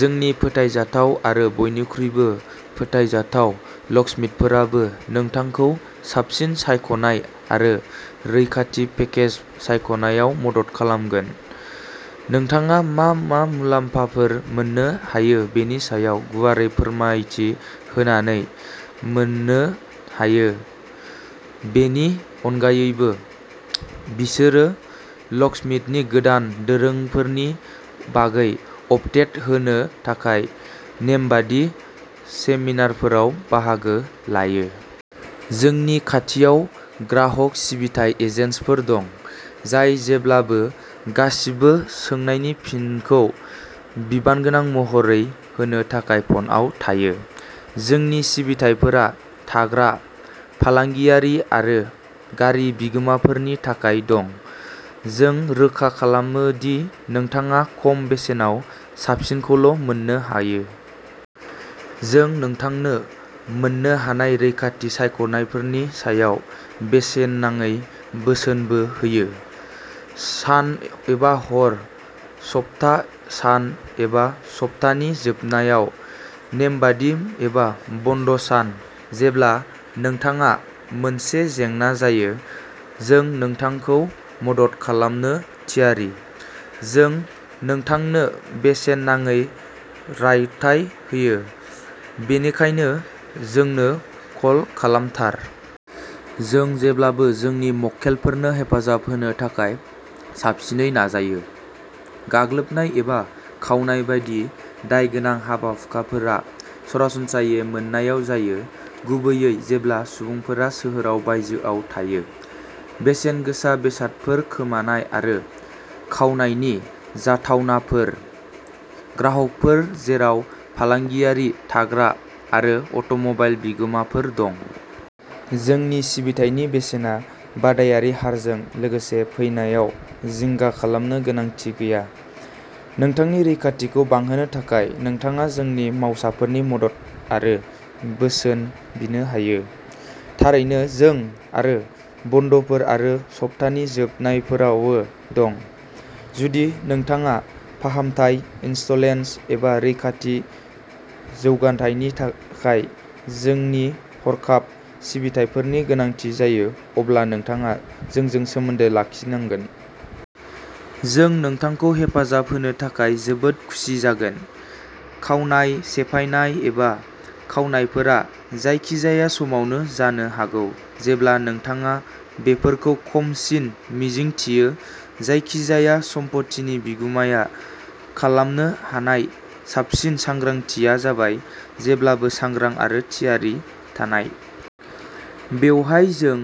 जोंनि फोथायजाथाव आरो बयनिख्रुइबो फोथायजाथाव लकस्मिथफोराबो नोंथांखौ साबसिन सायख'नाय आरो रैखाथि पेकेज सायख'नायाव मदद खालामगोन। नोंथाङा मा मा मुलाम्फाफोर मोननो हायो बेनि सायाव गुवारै फोरमायथि होनानै मोननो हायो। बेनि अनगायैबो, बिसोरो लकस्मिथनि गोदान दोरोंफोरनि बागै आपडेट होनो थाखाय नेमबादि सेमिनारफोराव बाहागो लायो। जोंनि खाथियाव ग्राहक सिबिथाइ एजेन्टफोर दं, जाय जेब्लाबो गासिबो सोंनायनि फिनखौ बिबानगोनां महरै होनो थाखाय फनआव थायो। जोंनि सिबिथाइफोरा थाग्रा, फालांगियारि आरो गारि बिगोमाफोरनि थाखाय दं। जों रोखा खालामो दि नोंथाङा खम बेसेनाव साबसिनखौल'मोननो हायो। जों नोंथांनो मोन्नो हानाय रैखाथि सायख'नायफोरनि सायाव बेसेन नाङै बोसोनबो होयो। सान एबा हर, सप्ता सान एबा सप्तानि जोबनायाव, नेमबादि एबा बन्द'सान, जेब्ला नोंथाङा मोनसे जेंना जायो, जों नोंथांखौ मदद खालामनो थियारि। जों नोंथांनो बेसेन नाङै रायथाइ होयो, बेनिखायनो जोंनो कल खालामथार। जों जेब्लाबो जोंनि मक्केलफोरनो हेफाजाब होनो थाखाय साबसिनै नाजायो। गाग्लोबनाय एबा खावनाय बायदि दायगोनां हाबा-हुखाफोरा सरासनस्रायै मोनायाव जायो, गुबैयै जेब्ला सुबुंफोरा सोहोराव बायजोआव थायो। बेसेनगोसा बेसादफोर खोमानाय आरो खावनायनि जाथावनाफोर। ग्राहकफोर, जेराव फालांगियारि, थाग्रा आरो अट'मबाइल बिगोमाफोर दं। जोंनि सिबिथायनि बेसेना बादायारि हारजों लोगोसे फैनायाव जिंगा खालामनो गोनांथि गैया। नोंथांनि रैखाथिखौ बांहोनो थाखाय नोंथाङा जोंनि मावसाफोरनि मदद आरो बोसोन बिनो हायो। थारैनो, जों / आरो बन्द'फोर आरो सप्तानि जोबनायफोरावबो दं। जुदि नोंथाङा फाहामनाय, इनस्टलेशन एबा रैखाथि जौगाथायनि थाखाय जोंनि हरखाब सिबिथाइफोरनि गोनांथि जायो, अब्ला नोंथाङा जोंजों सोमोन्दो लाखिनांगोन। जों नोंथांखौ हेफाजाब होनो थाखाय जोबोद खुसि जागोन। खावनाय, सेफायनाय, एबा खावनायफोरा जायखिजाया समावनो जानो हागौ जेब्ला नोंथाङा बेफोरखौ खमसिन मिजिंथियो, जायखिजाया सम्पथिनि बिगुमाया खालामनो हानाय साबसिन सांग्रांथिया जाबाय जेब्लाबो सांग्रां आरो थियारि थानाय। बेवहाय जों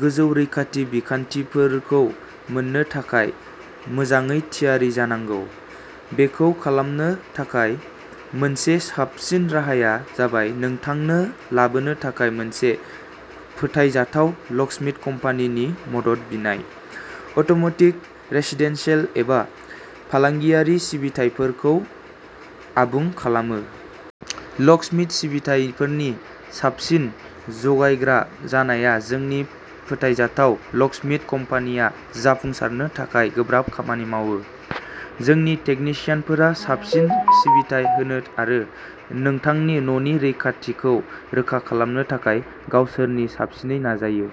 गोजौ रैखाथि बिखान्थिफोरखौ मोननो थाखाय मोजाङै थियारि जानांगौ। बेखौ खालामनो थाखाय मोनसे साबसिन राहाया जाबाय नोंथांनो लाबोनो थाखाय मोनसे फोथायजाथाव लकस्मिथ कम्पानिनि मदद बिनाय। अट'म'टिभ, रेसिदेन्सियेल एबा फालांगियारि सिबिथायफोरखौ आबुं खालामो। लकस्मिथ सिबिथाइफोरनि साबसिन जगायग्रा जानाया जोंनि फोथायजाथाव लकस्मिथ कम्पानिया जाफुंसारनो थाखाय गोब्राब खामानि मावो। जोंनि टेकनिसियानफोरा साबसिन सिबिथाइ होनो आरो नोंथांनि न'नि रैखाथिखौ रोखा खालामनो थाखाय गावसोरनि साबसिनै नाजायो।